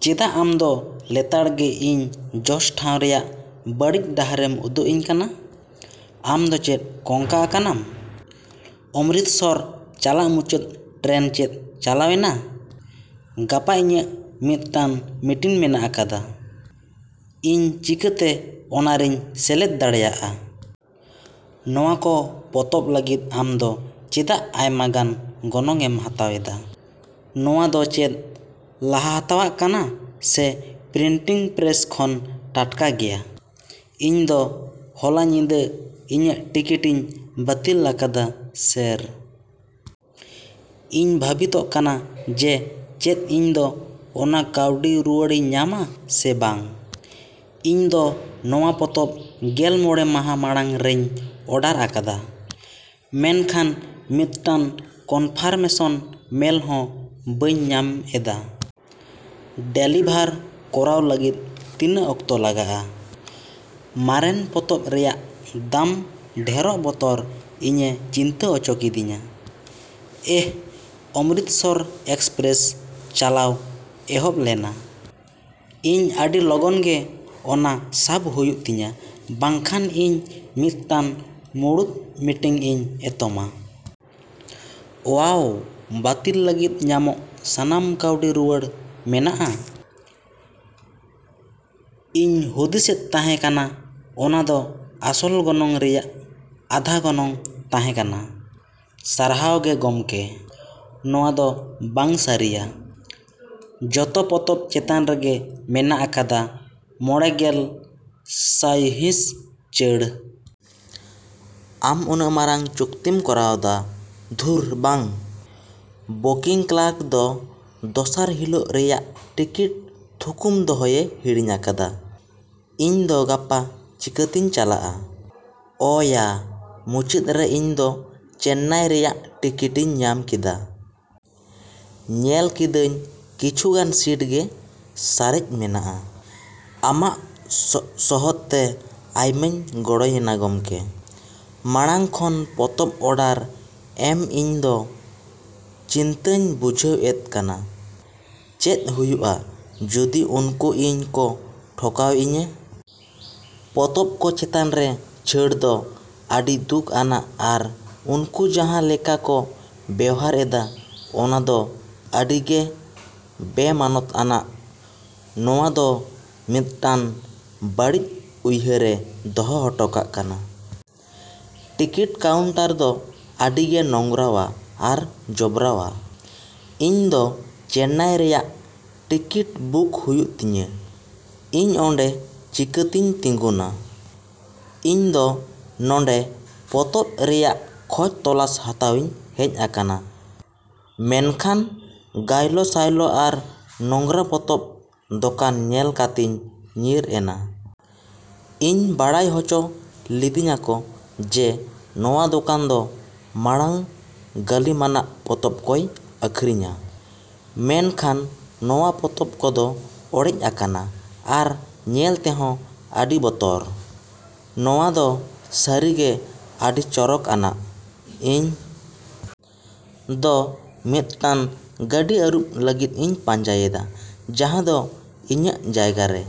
ᱪᱮᱫᱟᱜ ᱟᱢ ᱫᱚ ᱞᱮᱛᱟᱲ ᱜᱮ ᱤᱧ ᱡᱚᱥ ᱴᱷᱟᱶ ᱨᱮᱭᱟᱜ ᱵᱟᱹᱲᱤᱡ ᱰᱟᱦᱟᱨᱮᱢ ᱩᱫᱩᱜ ᱟᱹᱧ ᱠᱟᱱᱟ? ᱟᱢ ᱫᱚ ᱪᱮᱫ ᱠᱚᱝᱠᱟ ᱟᱠᱟᱱᱟᱢ? ᱚᱢᱨᱤᱛᱥᱚᱨ ᱪᱟᱞᱟᱜ ᱢᱩᱪᱟᱹᱫ ᱴᱨᱮᱱ ᱪᱮᱫ ᱪᱟᱞᱟᱣ ᱮᱱᱟ? ᱜᱟᱯᱟ ᱤᱧᱟᱜ ᱢᱤᱫᱴᱟᱝ ᱢᱤᱴᱤᱝ ᱢᱮᱱᱟᱜ ᱟᱠᱟᱫᱟ, ᱤᱧ ᱪᱤᱠᱟᱹᱛᱮ ᱚᱱᱟᱨᱮᱧ ᱥᱮᱞᱮᱫ ᱫᱟᱲᱮᱭᱟᱜ? ᱱᱚᱶᱟ ᱠᱚ ᱯᱚᱛᱚᱵ ᱞᱟᱹᱜᱤᱫ ᱟᱢ ᱫᱚ ᱪᱮᱫᱟᱜ ᱟᱭᱢᱟᱜᱟᱱ ᱜᱚᱱᱚᱝ ᱮᱢ ᱦᱟᱛᱟᱣ ᱮᱫᱟ? ᱱᱚᱶᱟ ᱫᱚ ᱪᱮᱫ ᱞᱟᱦᱟ ᱦᱟᱛᱟᱣᱟᱜ ᱠᱟᱱᱟ ᱥᱮ ᱯᱨᱤᱱᱴᱤᱝ ᱯᱨᱮᱥ ᱠᱷᱚᱱ ᱴᱟᱴᱠᱟ ᱜᱮᱭᱟ? ᱤᱧ ᱫᱚ ᱦᱚᱞᱟ ᱧᱤᱫᱟᱹ ᱤᱧᱟᱜ ᱴᱤᱠᱤᱴᱤᱧ ᱵᱟᱹᱛᱤᱞ ᱟᱠᱟᱫᱟ ᱥᱮᱹᱨ ᱾ ᱤᱧ ᱵᱷᱟᱹᱵᱤᱛᱚᱜ ᱠᱟᱱᱟ ᱡᱮ ᱪᱮᱫ ᱤᱧ ᱫᱚ ᱚᱱᱟ ᱠᱟᱹᱣᱰᱤ ᱨᱩᱣᱟᱹᱲᱤᱧ ᱧᱟᱢᱟ ᱥᱮ ᱵᱟᱝ ᱾ ᱤᱧ ᱫᱚ ᱱᱚᱶᱟ ᱯᱚᱛᱚᱵ ᱜᱮᱞ ᱢᱚᱬᱮ ᱢᱟᱦᱟ ᱢᱟᱲᱟᱝ ᱨᱮᱧ ᱚᱰᱟᱨ ᱟᱠᱟᱫᱟ, ᱢᱮᱱᱠᱷᱟᱱ ᱢᱤᱫᱴᱟᱝ ᱠᱚᱱᱯᱷᱟᱨᱢᱮᱥᱚᱱ ᱢᱮᱞ ᱦᱚᱸ ᱵᱟᱹᱧ ᱧᱟᱢ ᱮᱫᱟ ᱾ ᱰᱮᱞᱤᱵᱷᱟᱨ ᱠᱚᱨᱟᱣ ᱞᱟᱹᱜᱤᱫ ᱛᱤᱱᱟᱹᱜ ᱚᱠᱛᱚ ᱞᱟᱜᱟᱜᱼᱟ? ᱢᱟᱨᱮᱱ ᱯᱚᱛᱚᱵ ᱨᱮᱭᱟᱜ ᱫᱟᱢ ᱰᱷᱮᱨᱚᱜ ᱵᱚᱛᱚᱨ ᱤᱧᱮ ᱪᱤᱱᱛᱟᱹ ᱚᱪᱚ ᱠᱮᱫᱮᱧᱟ ᱾ ᱮᱦ! ᱚᱢᱨᱤᱥᱛᱟᱨ ᱮᱠᱥᱯᱨᱮᱥ ᱪᱟᱞᱟᱣ ᱮᱦᱚᱵ ᱞᱮᱱᱟ ᱾ ᱤᱧ ᱟᱹᱰᱤ ᱞᱚᱜᱚᱱ ᱜᱮ ᱚᱱᱟ ᱥᱟᱵ ᱦᱩᱭᱩᱜ ᱛᱤᱧᱟᱹ ᱵᱟᱝ ᱠᱷᱟᱱ ᱤᱧ ᱢᱤᱫᱴᱟᱝ ᱢᱩᱬᱩᱫ ᱢᱤᱴᱤᱝ ᱤᱧ ᱮᱛᱚᱢᱟ ᱾ ᱳᱣᱟᱣ! ᱵᱟᱹᱛᱤᱞ ᱞᱟᱹᱜᱤᱫ ᱧᱟᱢᱚᱜ ᱥᱟᱱᱟᱢ ᱠᱟᱹᱣᱰᱤ ᱨᱩᱣᱟᱹᱲ ᱢᱮᱱᱟᱜᱼᱟ, ᱤᱧ ᱦᱩᱫᱤᱥᱮᱫ ᱛᱟᱦᱮ ᱠᱟᱱᱟ ᱚᱱᱟ ᱫᱚ ᱟᱥᱚᱞ ᱜᱚᱱᱚᱝ ᱨᱮᱭᱟᱜ ᱟᱫᱷᱟ ᱜᱚᱱᱚᱝ ᱛᱟᱦᱮᱸ ᱠᱟᱱᱟ, ᱥᱟᱨᱦᱟᱣ ᱜᱮ ᱜᱚᱢᱠᱮ ᱾ ᱱᱚᱣᱟ ᱫᱚ ᱵᱟᱝ ᱥᱟᱹᱨᱤᱭᱟ! ᱡᱚᱛᱚ ᱯᱚᱛᱚᱵ ᱪᱮᱛᱟᱱ ᱨᱮᱜᱮ ᱢᱮᱱᱟᱜ ᱟᱠᱟᱫᱟ ᱢᱚᱸᱬᱮ ᱜᱮᱞ ᱥᱟᱭᱦᱤᱸᱥ ᱪᱷᱟᱹᱲ ᱾ ᱟᱢ ᱱᱩᱱᱟᱹᱜ ᱢᱟᱨᱟᱝ ᱪᱩᱠᱛᱤᱢ ᱠᱚᱨᱟᱣᱮᱫᱟ ᱾ ᱫᱷᱩᱨ ᱵᱟᱝ! ᱵᱩᱠᱤᱝ ᱠᱞᱟᱨᱠ ᱫᱚ ᱫᱚᱥᱟᱨ ᱦᱤᱞᱳᱜ ᱨᱮᱭᱟᱜ ᱴᱤᱠᱤᱴ ᱛᱷᱩᱠᱩᱢ ᱫᱚᱦᱚᱭᱮ ᱦᱤᱲᱤᱧ ᱟᱠᱟᱫᱟ ᱾ ᱤᱧ ᱫᱚ ᱜᱟᱯᱟ ᱪᱤᱠᱟᱹᱛᱤᱧ ᱪᱟᱞᱟᱜᱼᱟ? ᱚ ᱭᱟ! ᱢᱩᱪᱟᱹᱫ ᱨᱮ ᱤᱧ ᱫᱚ ᱪᱮᱱᱱᱟᱭ ᱨᱮᱭᱟᱜ ᱴᱤᱠᱤᱴᱤᱧ ᱧᱟᱢ ᱠᱮᱫᱟ ᱾ ᱧᱮᱞ ᱠᱤᱫᱟᱹᱧ ᱠᱤᱪᱷᱩᱜᱟᱱ ᱥᱤᱴ ᱜᱮ ᱥᱟᱨᱮᱡ ᱢᱮᱱᱟᱜᱼᱟ ᱾ ᱟᱢᱟᱜ ᱥᱚᱦᱚᱫᱛᱮ ᱟᱭᱢᱟᱧ ᱜᱚᱲᱚᱭᱮᱱᱟ ᱜᱚᱢᱠᱮ ᱾ ᱢᱟᱲᱟᱝ ᱠᱷᱚᱱ ᱯᱚᱛᱚᱵ ᱚᱰᱟᱨ ᱮᱢ ᱤᱧ ᱫᱚ ᱪᱤᱱᱛᱟᱹᱧ ᱵᱩᱡᱷᱟᱹᱣ ᱮᱫ ᱠᱟᱱᱟ, ᱪᱮᱫ ᱦᱩᱭᱩᱜᱼᱟ ᱡᱩᱫᱤ ᱩᱱᱠᱩ ᱤᱧ ᱠᱚ ᱴᱷᱚᱠᱟᱣ ᱤᱧᱟ? ᱯᱚᱛᱚᱵ ᱠᱚ ᱪᱮᱛᱟᱱ ᱨᱮ ᱪᱷᱟᱹᱲ ᱫᱚ ᱟᱹᱰᱤ ᱫᱩᱠ ᱟᱱᱟᱜ ᱟᱨ ᱩᱱᱠᱩ ᱡᱟᱦᱟᱸ ᱞᱮᱠᱟ ᱠᱚ ᱵᱮᱣᱦᱟᱨ ᱮᱫᱟ ᱚᱱᱟ ᱫᱚ ᱟᱹᱰᱤ ᱜᱮ ᱵᱮᱼᱢᱟᱱᱚᱛ ᱟᱱᱟᱜ ᱾ ᱱᱚᱶᱟ ᱫᱚ ᱢᱤᱫᱴᱟᱝ ᱵᱟᱹᱲᱤᱡ ᱩᱭᱦᱟᱹᱨᱮ ᱫᱚᱦᱚ ᱦᱚᱴᱚ ᱠᱟᱜ ᱠᱟᱱᱟ ᱾ ᱴᱤᱠᱤᱴ ᱠᱟᱣᱩᱱᱴᱟᱨ ᱫᱚ ᱟᱹᱰᱤᱜᱮ ᱱᱳᱝᱨᱟᱣᱟ ᱟᱨ ᱡᱚᱵᱽᱨᱟᱣᱟ ᱾ ᱤᱧ ᱫᱚ ᱪᱮᱱᱱᱟᱭ ᱨᱮᱭᱟᱜ ᱴᱤᱠᱤᱴ ᱵᱩᱠ ᱦᱩᱭᱩᱜ ᱛᱤᱧᱟ, ᱤᱧ ᱚᱰᱮᱸ ᱪᱤᱠᱟᱹᱛᱤᱧ ᱛᱤᱸᱜᱩᱱᱟ? ᱤᱧ ᱫᱚ ᱱᱚᱰᱮᱸ ᱯᱚᱛᱚᱵ ᱨᱮᱭᱟᱜ ᱠᱷᱚᱡ ᱛᱚᱞᱟᱥ ᱦᱟᱛᱟᱣᱤᱧ ᱦᱮᱡ ᱟᱠᱟᱱᱟ ᱢᱮᱱᱠᱷᱟᱱ ᱜᱟᱭᱞᱳ ᱥᱟᱭᱞᱳ ᱟᱨ ᱱᱳᱝᱨᱟ ᱯᱚᱛᱚᱵ ᱫᱚᱠᱟᱱ ᱧᱮᱞ ᱠᱟᱛᱮᱧ ᱧᱤᱨ ᱮᱱᱟ ᱾ ᱤᱧ ᱵᱟᱲᱟᱭ ᱦᱚᱪᱚ ᱞᱤᱫᱤᱧᱟᱠᱚ ᱡᱮ ᱱᱚᱣᱟ ᱫᱚᱠᱟᱱ ᱫᱚ ᱢᱟᱲᱟᱝ ᱜᱟᱹᱞᱤᱢᱟᱱᱟᱜ ᱯᱚᱛᱚᱵ ᱠᱚᱭ ᱟᱹᱠᱷᱨᱤᱧᱼᱟ, ᱢᱮᱱᱠᱷᱟᱱ ᱱᱚᱣᱟ ᱯᱚᱛᱚᱵ ᱠᱚᱫᱚ ᱚᱲᱮᱡ ᱟᱠᱟᱱᱟ ᱟᱨ ᱧᱮᱞ ᱛᱮᱦᱚ ᱟᱹᱰᱤ ᱵᱚᱛᱚᱨ ᱾ ᱱᱚᱶᱟ ᱫᱚ ᱥᱟᱹᱨᱤᱜᱮ ᱟᱹᱰᱤ ᱪᱚᱨᱚᱠ ᱟᱱᱟᱜ ᱾ ᱤᱧ ᱫᱚ ᱢᱤᱫᱴᱟᱝ ᱜᱟᱹᱰᱤ ᱟᱹᱨᱩᱵ ᱞᱟᱹᱜᱤᱫ ᱤᱧ ᱯᱟᱸᱡᱟᱭᱮᱫᱟ ᱡᱟᱦᱟ ᱫᱚ ᱤᱧᱟᱜ ᱡᱟᱭᱜᱟ ᱨᱮᱼᱼ